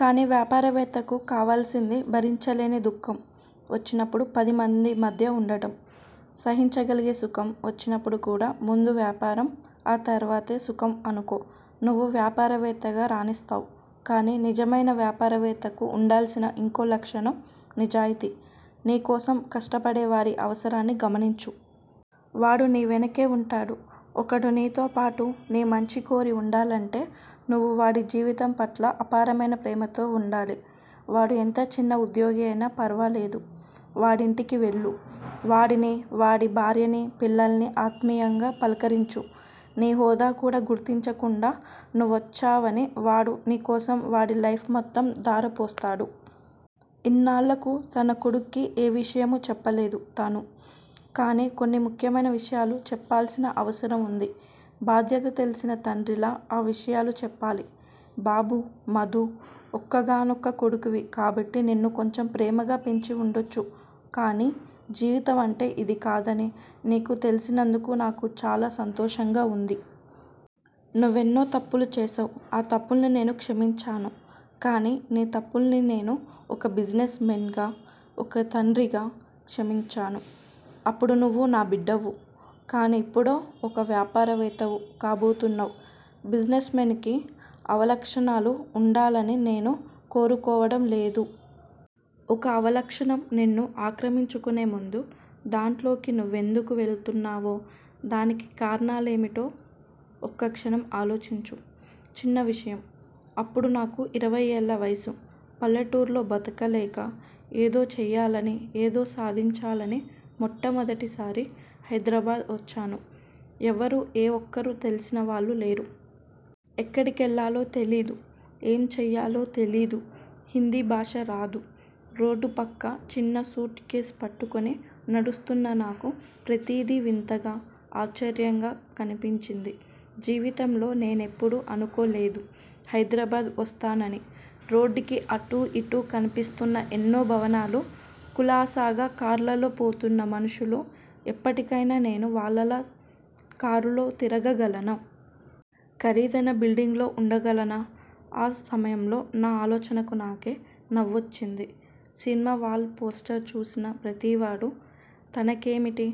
కానీ వ్యాపారవేత్తకు కావలసింది భరించలేని దుఃఖం వచ్చినప్పుడు పదిమంది మధ్య ఉండటం. సహించగలిగే సుఖం వచ్చినప్పుడు కూడా ముందు వ్యాపారం, ఆ తర్వాతే సుఖం అనుకో- నువ్వు వ్యాపారవేత్తగా రాణిస్తావ్- కానీ నిజమైన వ్యాపారవేత్తకు ఉండాల్సిన ఇంకో లక్షణం నిజాయితీ. నీ కోసం కష్టపడేవాడి అవసరాన్ని గమనించు. వాడు నీ వెనకే వుంటాడు. ఒకడు నీతో పాటు, నీ మంచి కోరి వుండాలంటే, నువ్వు వాడి జీవితం పట్ల అపారమైన ప్రేమతో వుండాలి. వాడు ఎంత చిన్న ఉద్యోగి అయినా ఫర్వాలేదు. వాడింటికి వెళ్ళు. వాడిని, వాడి భార్యని, పిల్లల్నీ ఆత్మీయంగా పలకరించు. నీ హోదా కూడా గుర్తించకుండా, నువ్వొచ్చావని వాడు నీకోసం వాడి లైఫ్ మొత్తం ధారపోస్తాడు. ఇన్నాళ్ళకు తన కొడుక్కి ఏ విషయమూ చెప్పలేదు తను. కానీ కొన్ని ముఖ్యమైన విషయాలు చెప్పాల్సిన అవసరం వుంది. బాధ్యత తెల్సిన తండ్రిలా ఆ విషయాలు చెప్పాలి. బాబూ! మధూ ఒక్కగానొక్క కొడుకువి కాబట్టి నిన్ను కొంచెం ప్రేమగా పెంచి వుండొచ్చు కానీ జీవితం అంటే ఇది కాదని నీకు తెల్సినందుకు నాకు చాలా సంతోషంగా వుంది. నువ్వెన్నో తప్పులు చేసావ్. ఆ తప్పుల్ని నేను క్షమించాను. కానీ నీ తప్పుల్ని నేను ఒక బిజినెస్ మెన్ గా, ఒక తండ్రిగా క్షమించాను. అప్పుడు నువ్వు నా బిడ్డవు. కాని ఇప్పుడో- ఒక వ్యాపారవేత్తవు కాబోతున్నావ్. బిజినెస్ మెన్ కి అవలక్షణాలు వుండాలని నేను కోరుకోవడం లేదు. ఒక అవలక్షణం నిన్ను ఆక్రమించుకునే ముందు, దాన్లోకి నువ్వెందుకు వెళుతున్నావో, దానికి కారణాలేమిటో ఒక్కక్షణం ఆలోచించు. చిన్న విషయం అప్పుడు నాకు ఇరవై ఏళ్ళ వయసు. పల్లెటూళ్ళో బతకలేక, ఏదో చెయ్యాలని, ఏదో సాధించాలని మొట్టమొదటిసారి హైద్రాబాద్ వచ్చాను. ఎవరూ, ఏ ఒక్కరూ తెల్సినవాళ్ళు లేరు. ఎక్కడకెళ్ళాలో తెలీదు. ఏం చెయ్యాలో తెలీదు. హిందీ భాష రాదు. రోడ్డు పక్క చిన్న సూట్ కేస్ పట్టుకుని నడుస్తున్న నాకు ప్రతీదీ వింతగా, ఆశ్చర్యంగా కనిపించింది. జీవితంలో నేనెప్పుడూ అనుకోలేదు హైద్రాబాద్ వస్తానని. రోడ్డుకి అటూ ఇటూ కన్పిస్తున్న ఎన్నో భవనాలు, కులాసాగా కార్లలో పోతున్న మనుషులు ఎప్పటికైనా నేను వాళ్ళలా కారులో తిరగగలనా? ఖరీదైన బిల్డింగ్ లో వుండగలనా? ఆ సమయంలో నా ఆలోచనలకు నాకే నవ్వొచ్చింది. సినిమా వాల్ పోస్టర్ చూసిన ప్రతివాడూ తనకేమిటి,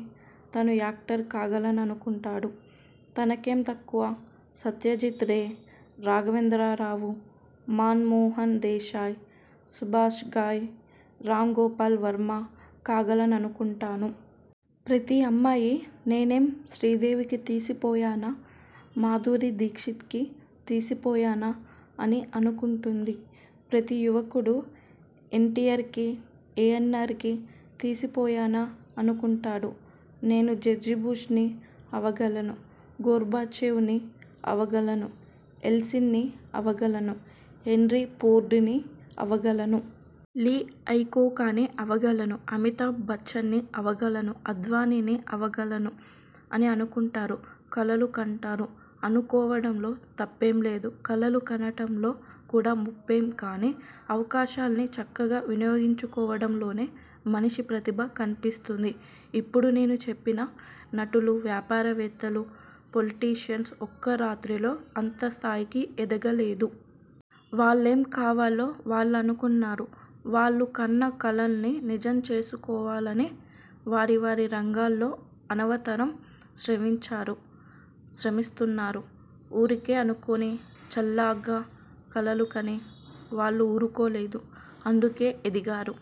తనూ యాక్టర్ కాగలననుకుంటాడు. తనకేం తక్కువ సత్యజిత్ రే, రాఘవేంద్రరావు, మాన్ మోహన్ దేశాయ్, సుభాష్ ఘాయ్, రామ్ గోపాల్ వర్మ కాగలననుకుంటాను. ప్రతి అమ్మాయీ నేనేం శ్రీదేవికి తీసిపోయానా, మాధురీ దీక్షిత్ కి తీసిపోయానా అని అనుకుంటుంది. ప్రతీ యువకుడూ ఎన్టీఆర్ కి, ఏఎన్నార్ కి, తీసిపోయానా అనుకుంటాడు. నేను జార్జిబుష్ ని అవగలను. గోర్భచేవ్ ని అవగలను. ఎల్సిన్ ని అవగలను. హెన్రీ ఫోర్డ్ ని అవగలను. లీ అయికోకాని అవగలను. అమితాబ్ బచ్చన్ని అవగలను. అద్వానీని అవగలను అని అనుకుంటారు. కలలు కంటారు. అనుకోవడంలో తప్పేంలేదు. కలలు కనటంలో కూడా ముప్పేం కాని అవకాశాల్ని చక్కగా వినియోగించుకోవడంలోనే మనిషి ప్రతిభ కన్పిస్తుంది. ఇప్పుడు నేను చెప్పిన నటులు, వ్యాపారవేత్తలు, పొలిటీషియన్స్ ఒక్క రాత్రిలో అంత స్థాయికి ఎదగలేదు. వాళ్ళేం కావాలో వాళ్ళనుకున్నారు- వాళ్ళు కన్న కలల్నీ నిజం చేసుకోవాలని వారి వారిరంగాల్లో అనవరతం శ్రమించారు, శ్రమిస్తున్నారు. ఊరికే అనుకొని- చలాగ్గా కలలు కని వాళ్ళు ఊరుకోలేదు. అందుకే ఎదిగారు.